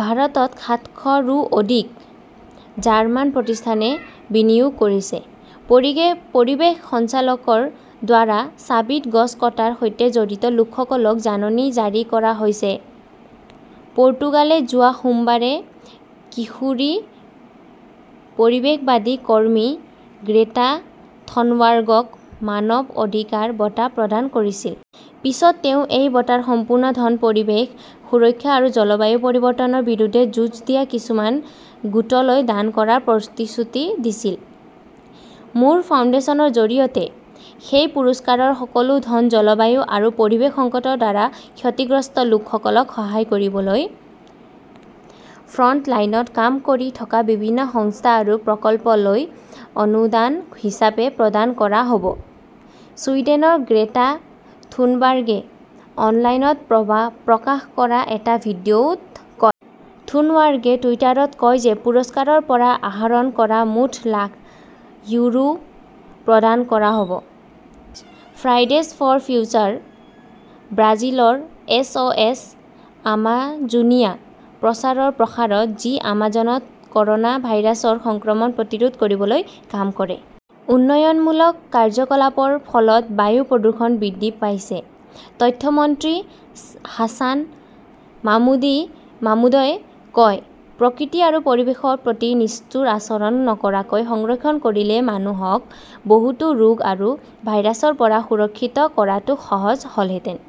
ভাৰতত সাতশ ৰো অধিক জাৰ্মান প্ৰতিষ্ঠানে বিনিয়োগ কৰিছে। পৰিৱেশ সঞ্চালকালয়ৰ দ্বাৰা চাভিত গছ কটাৰ সৈতে জড়িত লোকসকলক জাননী জাৰি কৰা হৈছে পৰ্তুগালে যোৱা সোমবাৰে কিশোৰী পৰিৱেশবাদী কৰ্মী গ্ৰেটা থনবাৰ্গক মানৱ অধিকাৰ বঁটা প্ৰদান কৰিছিল। পিছত তেওঁ এই বঁটাৰ সম্পূৰ্ণ ধন পৰিৱেশ সুৰক্ষা আৰু জলবায়ু পৰিৱৰ্তনৰ বিৰুদ্ধে যুঁজ দিয়া কিছুমান গোটলৈ দান কৰাৰ প্ৰতিশ্ৰুতি দিছিল। "মোৰ ফাউণ্ডেশ্যনৰ জৰিয়তে সেই পুৰস্কাৰৰ সকলো ধন জলবায়ু আৰু পৰিৱেশ সংকটৰ দ্বাৰা ক্ষতিগ্ৰস্ত লোকসকলক সহায় কৰিবলৈ ফ্ৰণ্টলাইনত কাম কৰি থকা বিভিন্ন সংস্থা আৰু প্ৰকল্পলৈ অনুদান হিচাপে প্ৰদান কৰা হ" ব ", ছুইডেনৰ গ্ৰেটা থুনবাৰ্গে অনলাইনত প্ৰকাশ কৰা এটা ভিডিঅ' ত কয়। থুনবাৰ্গে টুইটাৰত কয় যে পুৰস্কাৰৰ পৰা আহৰণ কৰা মুঠ লাখ ইউৰো প্ৰদান কৰা হ'ব। ফ্ৰাইডেজ ফৰ ফিউচাৰ ব্ৰাজিলৰ "এছ. অ'. এছ. আমাজোনিয়া" প্ৰচাৰ প্ৰসাৰত যি আমাজনত কৰ 'না ভাইৰাছৰ সংক্ৰমণ প্ৰতিৰোধ কৰিবলৈ কাম কৰে। উন্নয়নমূলক কাৰ্যকলাপৰ ফলত বায়ু প্ৰদূষণ বৃদ্ধি পাইছে তথ্য মন্ত্ৰী হাছান মাহমুদই কয়, প্ৰকৃতি আৰু পৰিৱেশৰ প্ৰতি নিষ্ঠুৰ আচৰণ নকৰাকৈ সংৰক্ষণ কৰিলে মানুহক বহুতো ৰোগ আৰু ভাইৰাছৰ পৰা সুৰক্ষিত কৰাটো সহজ হ'লহেঁতেন।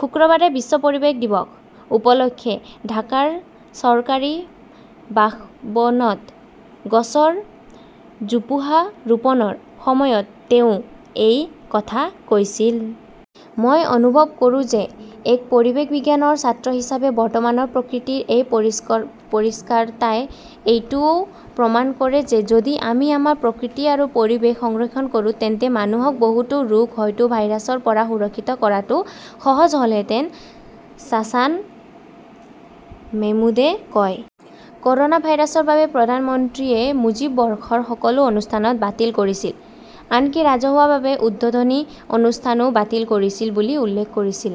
শুক্ৰবাৰে বিশ্ব পৰিৱেশ দিৱস উপলক্ষে ঢাকাৰ চৰকাৰী বাসৱনত গছৰ জোপোহা ৰোপণৰ সময়ত তেওঁ এই কথা কৈছিল। মই অনুভৱ কৰোঁ যে, এক পৰিৱেশ বিজ্ঞানৰ ছাত্ৰ হিচাপে বৰ্তমানৰ প্ৰকৃতিৰ এই পৰিষ্কাৰতাই এইটোও প্ৰমাণ কৰে যে যদি আমি আমাৰ প্ৰকৃতি আৰু পৰিৱেশ সংৰক্ষণ কৰোঁ, তেন্তে মানুহক বহুতো ৰোগ, হয়তো ভাইৰাছৰ পৰা সুৰক্ষিত কৰাটো সহজ হলহেঁতেন, চাছান মেহমুদে কয়। ক'ৰনা ভাইৰাছৰ বাবে প্ৰধানমন্ত্ৰীয়ে মুজীব বৰ্ষৰ সকলো অনুষ্ঠান বাতিল কৰিছিল, আনকি ৰাজহুৱাভাৱে উদ্বোধনী অনুষ্ঠানও বাতিল কৰিছিল "বুলি উল্লেখ কৰিছিল।